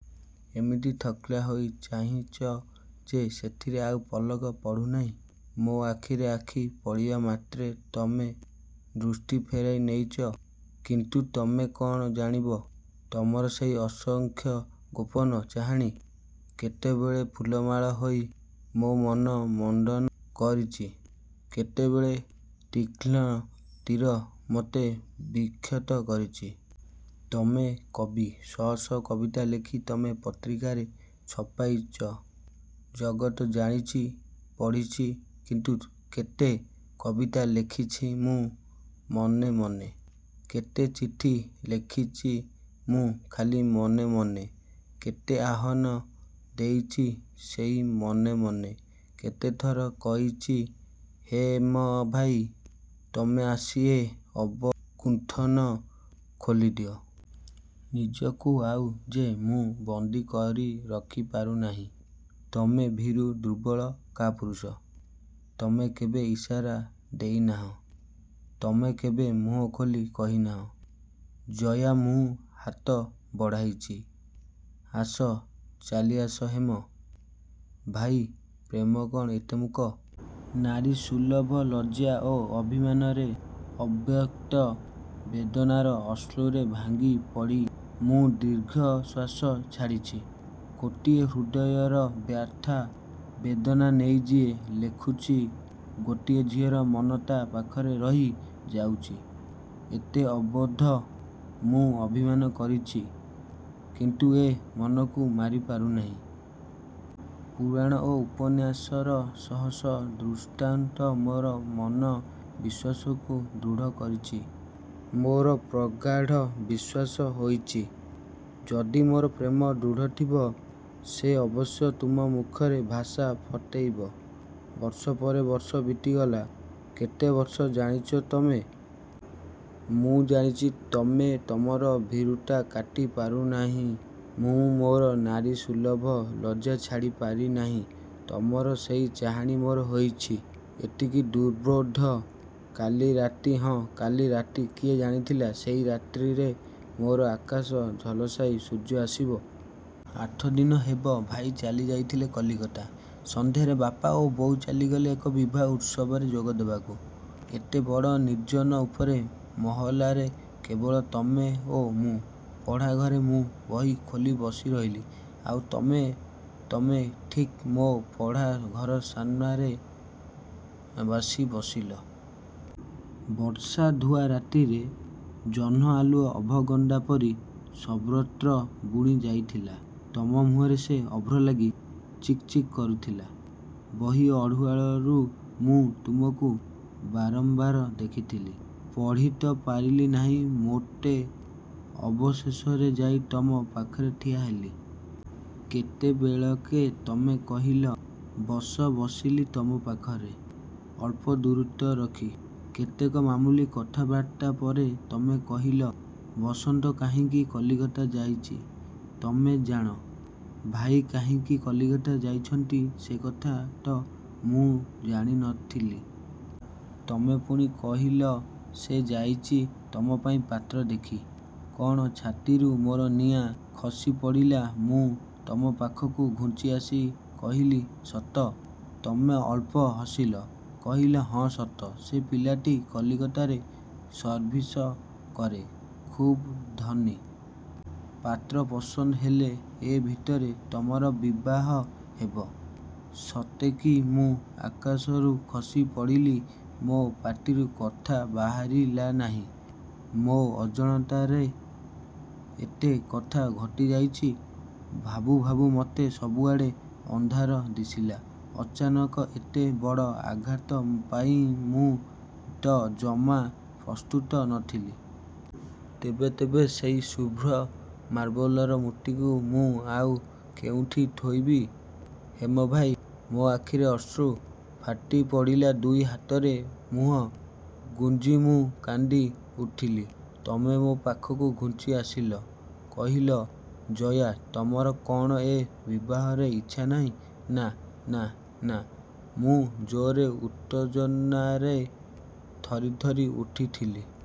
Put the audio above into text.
ଏମିତି ଥକ୍କା ହୋଇ ଚାହିଁଚ ଯେ ସେଥିରେ ଆଉ ପଲକ ପଡ଼ୁନାହିଁ। ମୋ ଆଖିରେ ଆଖି ପଡ଼ିବା ମାତ୍ରେ ତମେ ଦୃଷ୍ଟି ଫେରାଇ ନେଇଚ, କିନ୍ତୁ ତମେ କ'ଣ ଜାଣିବ, ତମର ସେହି ଅସଂଖ୍ୟ ଗୋପନ ଚାହାଣି କେତେବେଳେ ଫୁଲମାଳ ହୋଇ ମୋ ମନ ମଣ୍ଡନ କରିଚି, କେତେବେଳେ ତୀକ୍ଷ୍ଣ ତୀର ମତେ ବିକ୍ଷତ କରିଚି। ତମେ କବି। ଶହ ଶହ କବିତା ଲେଖି ତମେ ପତ୍ରିକାରେ ଛପାଇଚ। ଜଗତ ଜାଣିଚି, ପଢ଼ିଚି, କିନ୍ତୁ କେତେ କବିତା ଲେଖିଛି ମୁଁ ମନେ ମନେ। କେତେ ଚିଠି ଲେଖିଚି ମୁଁ ଖାଲି ମନେ ମନେ। କେତେ ଆହ୍ଵାନ ଦେଇଚି ସେହି ମନେ ମନେ। କେତେଥର କହିଚି ହେମଭାଇ, ତମେ ଆସି ଏ ଅବଗୁଣ୍ଠନ ଖୋଲିଦିଅ! ନିଜକୁ ଆଉ ଯେ ମୁଁ ବନ୍ଦୀ କରି ରଖି ପାରୁନାହିଁ। ତମେ ଭୀରୁ! ଦୁର୍ବଳ! କାପୁରୁଷ! ତମେ କେବେ ଇସାରା ଦେଇନାହଁ। ତମେ କେବେ ମୁହଁ ଖୋଲି କହିନାହଁ, "ଜୟା, ମୁଁ ହାତ ବଢ଼ାଇଚି, ଆସ, ଚାଲିଆସ।" ହେମ ଭାଇ, ପ୍ରେମ କ'ଣ ଏତେ ମୂକ? ନାରୀସୁଲଭ ଲଜ୍ଜା ଓ ଅଭିମାନରେ, ଅବ୍ୟକ୍ତ ବେଦନାର ଅଶ୍ରୁରେ ଭାଙ୍ଗି ପଡ଼ି ମୁଁ ଦୀର୍ଘଶ୍ଵାସ ଛାଡ଼ିଛି। କୋଟିଏ ହୃଦୟର ବ୍ୟଥା ବେଦନା ନେଇ ଯିଏ ଲେଖୁଚି, ଗୋଟିଏ ଝିଅର ମନ ତା' ପାଖରେ ରହି ଯାଉଚି ଏତେ ଅବୋଧ୍ୟ? ମୁଁ ଅଭିମାନ କରିଛି; କିନ୍ତୁ ଏ ମନକୁ ମାରି ପାରୁନାହିଁ। ପୁରାଣ ଓ ଉପନ୍ୟାସର ଶହ ଶହ ଦୃଷ୍ଟାନ୍ତ ମୋର ମନ ବିଶ୍ୱାସକୁ ଦୃଢ଼ କରିଚି। ମୋର ପ୍ରଗାଢ଼ ବିଶ୍ଵାସ ହୋଇଚି ଯଦି ମୋର ପ୍ରେମ ଦୃଢ଼ ଥିବ, ସେ ଅବଶ୍ୟ ତୁମ ମୁଖରେ ଭାଷା ଫଟେଇବ। ବର୍ଷ ପରେ ବର୍ଷ ବିତିଗଲା। କେତେ ବର୍ଷ? ଜାଣିଚ ତମେ? ମୁଁ ଜାଣିଛି। ତମେ ତମର ଭୀରୁତା କାଟି ପାରିନାହିଁ। ମୁଁ ମୋର ନାରୀସୁଲଭ ଲଜ୍ଜା ଛାଡ଼ି ପାରିନାହିଁ। ତମର ସେହି ଚାହାଣି ମୋର ହୋଇଛି ଏତିକି ଦୂର୍ବୋଧ୍ୟ। କାଲି ରାତି? ହଁ, କାଲି ରାତି, କିଏ ଜାଣିଥିଲା, ସେହି ରାତ୍ରିରେ ମୋର ଆକାଶ ଝଲସାଇ ସୂର୍ଯ୍ୟ ଆସିବ। ଆଠଦିନ ହେବ ଭାଇ ଚାଲି ଯାଇଥିଲେ କଲିକତା। ସନ୍ଧ୍ୟାରେ ବାପା ଓ ବୋଉ ଚାଲିଗଲେ ଏକ ବିବାହ ଉତ୍ସବରେ ଯୋଗ ଦେବାକୁ। ଏତେ ବଡ଼ ନିର୍ଜନ ଉପରେ ମହଲାରେ କେବଳ ତମେ ଓ ମୁଁ। ପଢ଼ା ଘରେ ମୁଁ ବହି ଖୋଲି ବସି ରହିଲି। ଆଉ ତମେ ତମେ ଠିକ୍ ମୋ ପଢ଼ା ଘର ସାମ୍ନାରେ ଆସି ବସିଲ। ବର୍ଷା ଧୂଆ ରାତିରେ, ଜହ୍ନ ଆଲୁଅ ଅଭଗୁଣ୍ଡା ପରି ସର୍ବତ୍ର ବୁଣି ଯାଇଥିଲା। ତମ ମୁହଁରେ ସେ ଅଭ୍ର ଲାଗି ଚିକ୍ ଚିକ୍ କରୁଥିଲା। ବହି ଆଢ଼ୁଆଳରୁ ମୁଁ ତମକୁ ବାରମ୍ବାର ଦେଖିଥିଲି। ପଢ଼ି ତ ପାରିଲି ନାହିଁ ମୋଟେ। ଅବଶେଷରେ ଯାଇ ତମ ପାଖରେ ଠିଆ ହେଲି। କେତେବେଳକେ ତମେ କହିଲ, "ବସ!" ବସିଲି ତମ ପାଖରେ, ଅଳ୍ପ ଦୂରତ୍ଵ ରଖି। କେତେକ ମାମୁଲି କଥାବାର୍ତ୍ତା ପରେ ତମେ କହିଲ, "ବସନ୍ତ କାହିଁକି କଲିକତା ଯାଇଚି ତମେ ଜାଣ?" ଭାଇ କାହିଁକି କଲିକତା ଯାଇଛନ୍ତି ସେ କଥା ତ ମୁଁ ଜାଣି ନ ଥିଲି। ତମେ ପୁଣି କହିଲ "ସେ ଯାଇଚି ତମ ପାଇଁ ପାତ୍ର ଦେଖି!" କ'ଣ? ଛାତିରୁ ମୋର ନିଆଁ ଖସିପଡ଼ିଲା। ମୁଁ ତମ ପାଖକୁ ଘୁଞ୍ଚି ଆସି କହିଲି, "ସତ?" ତମେ ଅଳ୍ପ ହସିଲ। କହିଲ, "ହଁ, ସତ, ସେ ପିଲାଟି କଲିକତାରେ ସର୍ଭିସ କରେ। ଖୁବ୍ ଧନୀ। ପାତ୍ର ପସନ୍ଦ ହେଲେ ଏ ଭିତରେ ତମର ବିବାହ ହେବ।" ସତେ କି ମୁଁ ଆକାଶରୁ ଖସି ପଡ଼ିଲି। ମୋ ପାଟିରୁ କଥା ବାହାରିଲା ନାହିଁ। ମୋ ଅଜାଣତରେ ଏତେ କଥା ଘଟି ଯାଇଚି? ଭାବୁ ଭାବୁ ମତେ ସବୁଆଡ଼େ ଅନ୍ଧାର ଦିଶିଲା, ଅଚାନକ ଏତେ ବଡ଼ ଆଘାତ ପାଇଁ ମୁଁ ତ ଜମା ପ୍ରସ୍ତୁତ ନ ଥିଲି! ତେବେ, ତେବେ ସେହି ଶୁଭ୍ର ମାର୍ବଲର ମୂର୍ତ୍ତିକୁ ମୁଁ ଆଉ କେଉଁଠି ଥୋଇବି ହେମଭାଇ? ମୋ ଆଖିରେ ଅଶ୍ରୁ ଫାଟି ପଡ଼ିଲା ଦୁଇ ହାତରେ ମୁହଁ ଗୁଞ୍ଜି ମୁଁ କାନ୍ଦି ଉଠିଲି। ତମେ ମୋ ପାଖକୁ ଘୁଞ୍ଚି ଆସିଲ, କହିଲ, "ଜୟା, ତମର କ'ଣ ଏ ବିବାହରେ ଇଚ୍ଛା ନାହିଁ?" "ନା ନା ନା!" ମୁଁ ଜୋରରେ, ଉତ୍ତେଜନାରେ ଥରି ଥରି ଉଠିଥିଲି।